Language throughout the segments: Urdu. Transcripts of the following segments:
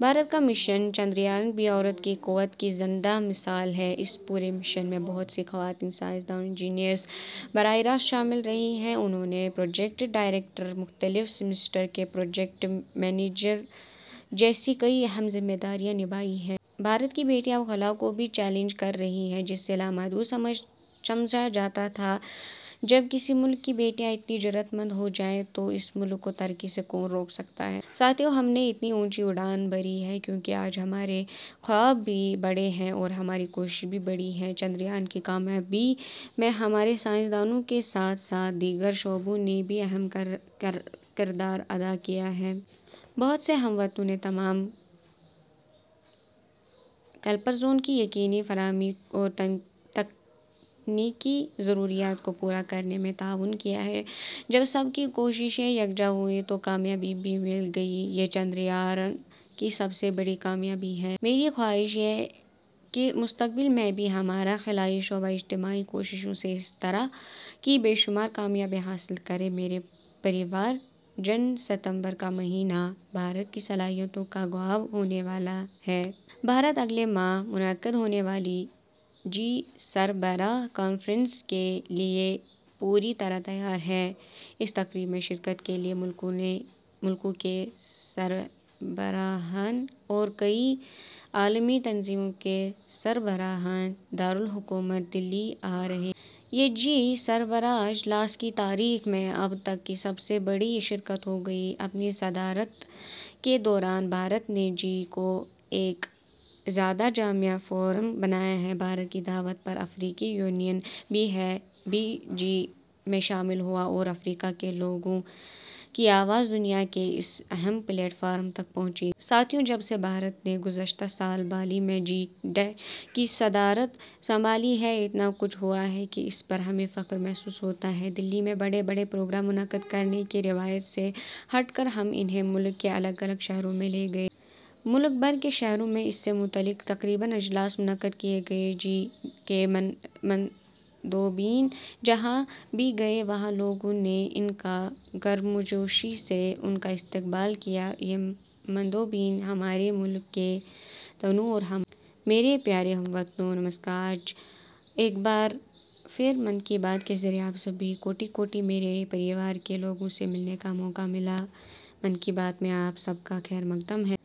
بھارت کا مشن چندریان بھی عورت کی قوت کی زندہ مثال ہے۔ اس پورے مشن میں بہت سی خواتین سائنسدان اور انجینئرز براہ راست شامل رہی ہیں۔ انہوں نے پروجیکٹ ڈائریکٹر، مختلف سسٹمز کے پروجیکٹ مینیجر جیسی کئی اہم ذمہ داریاں نبھائی ہیں۔ بھارت کی بیٹیاں اب خلا ء کو بھی چیلنج کر رہی ہیں ، جسے لامحدود سمجھا جاتا ہے۔ جب کسی ملک کی بیٹیاں اتنی جرأت مند ہو جائیں تو اس ملک کو ترقی سے کون روک سکتا ہے! ساتھیو ، ہم نے اتنی اونچی اڑان بھری ہے کیونکہ آج ہمارے خواب بھی بڑے ہیں اور ہماری کوششیں بھی بڑی ہیں۔ چندریان کی کامیابی میں ہمارے سائنسدانوں کے ساتھ ساتھ دیگر شعبوں نے بھی اہم کردار ادا کیا ہے۔ بہت سے ہم وطنوں نے تمام کلپرزوں کی یقینی فراہمی اور تکنیکی ضروریات کو پورا کرنے میں تعاون کیا ہے۔ جب سب کی کوششیں یکجا ہوئیں تو کامیابی بھی مل گئی۔ یہ چندریان کی سب سے بڑی کامیابی ہے۔ میری خواہش ہے کہ مستقبل میں بھی ہمارا خلائی شعبہ اجتماعی کوششوں سے اس طرح کی بے شمار کامیابیاں حاصل کرے۔ میرے پریوار جَن ، ستمبر کا مہینہ بھارت کی صلاحیتوں کا گواہ ہونے والا ہے۔ بھارت اگلے ماہ منعقد ہونے والی جی – سربراہ کانفرنس کے لیے پوری طرح تیار ہے۔ اس تقریب میں شرکت کے لیے ملکوں کے سربراہان اور کئی عالمی تنظیموں کے سربراہان دارالحکومت دلّی آ رہے ہیں۔ یہ جی – سربراہ اجلاس کی تاریخ میں اب تک کی سب سے بڑی شرکت ہوگی۔ اپنی صدارت کے دوران ، بھارت نے جی – کو ایک زیادہ جامع فورم بنایا ہے۔ بھارت کی دعوت پر افریقی یونین بھی جی – میں شامل ہوا اور افریقہ کے لوگوں کی آواز ، دنیا کے اس اہم پلیٹ فارم تک پہنچی۔ ساتھیوں، جب سے بھارت نے گزشتہ سال بالی میں جی – کی صدارت سنبھالی ہے، اتنا کچھ ہوا ہے کہ اس پر ہمیں فخر محسوس ہوتا ہے۔ دلّی میں بڑے بڑے پروگرام منعقد کرنے کی روایت سے ہٹ کر ، ہم انہیں ملک کے الگ الگ شہروں میں لے گئے۔ ملک بھر کے شہروں میں اس سے متعلق تقریباً اجلاس منعقد کیے گئے۔ جی – کے مندوبین جہاں بھی گئے، وہاں لوگوں نے ان کا گرمجوشی سے ، اُن کا استقبال کیا۔ یہ مندوبین ہمارے ملک کے تنوع اور ہماری. میرے پیارے ہم وطنوں، نمسکار۔ آج ایک بار پھر 'من کی بات' کے ذریعے آپ سبھی کوٹی کوٹی میرے پریوار کے لوگوں سے ملنے کا موقع ملا ہے۔ 'من کی بات ' میں آپ سب کا خیرمقدم ہے۔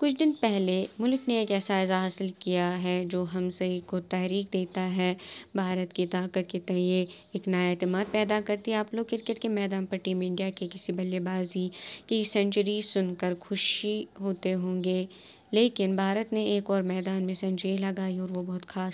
کچھ دن پہلے ملک نے ایک ایسا اعزاز حاصل کیا ہے جو ہم سھی کو تحریک دیتا ہے۔ بھارت کی طاقت کے تئیں ایک نیا اعتماد پیدا کرتی ہے۔ آپ لوگ کرکٹ کے میدان پر ٹیم انڈیا کے کسی بلے بازی کی سنچری سُن کر خوشی ہوتے ہوں گے، لیکن بھارت نے ایک اور میدان میں سنچری لگائی ہے اور وہ بہت خاص ہے۔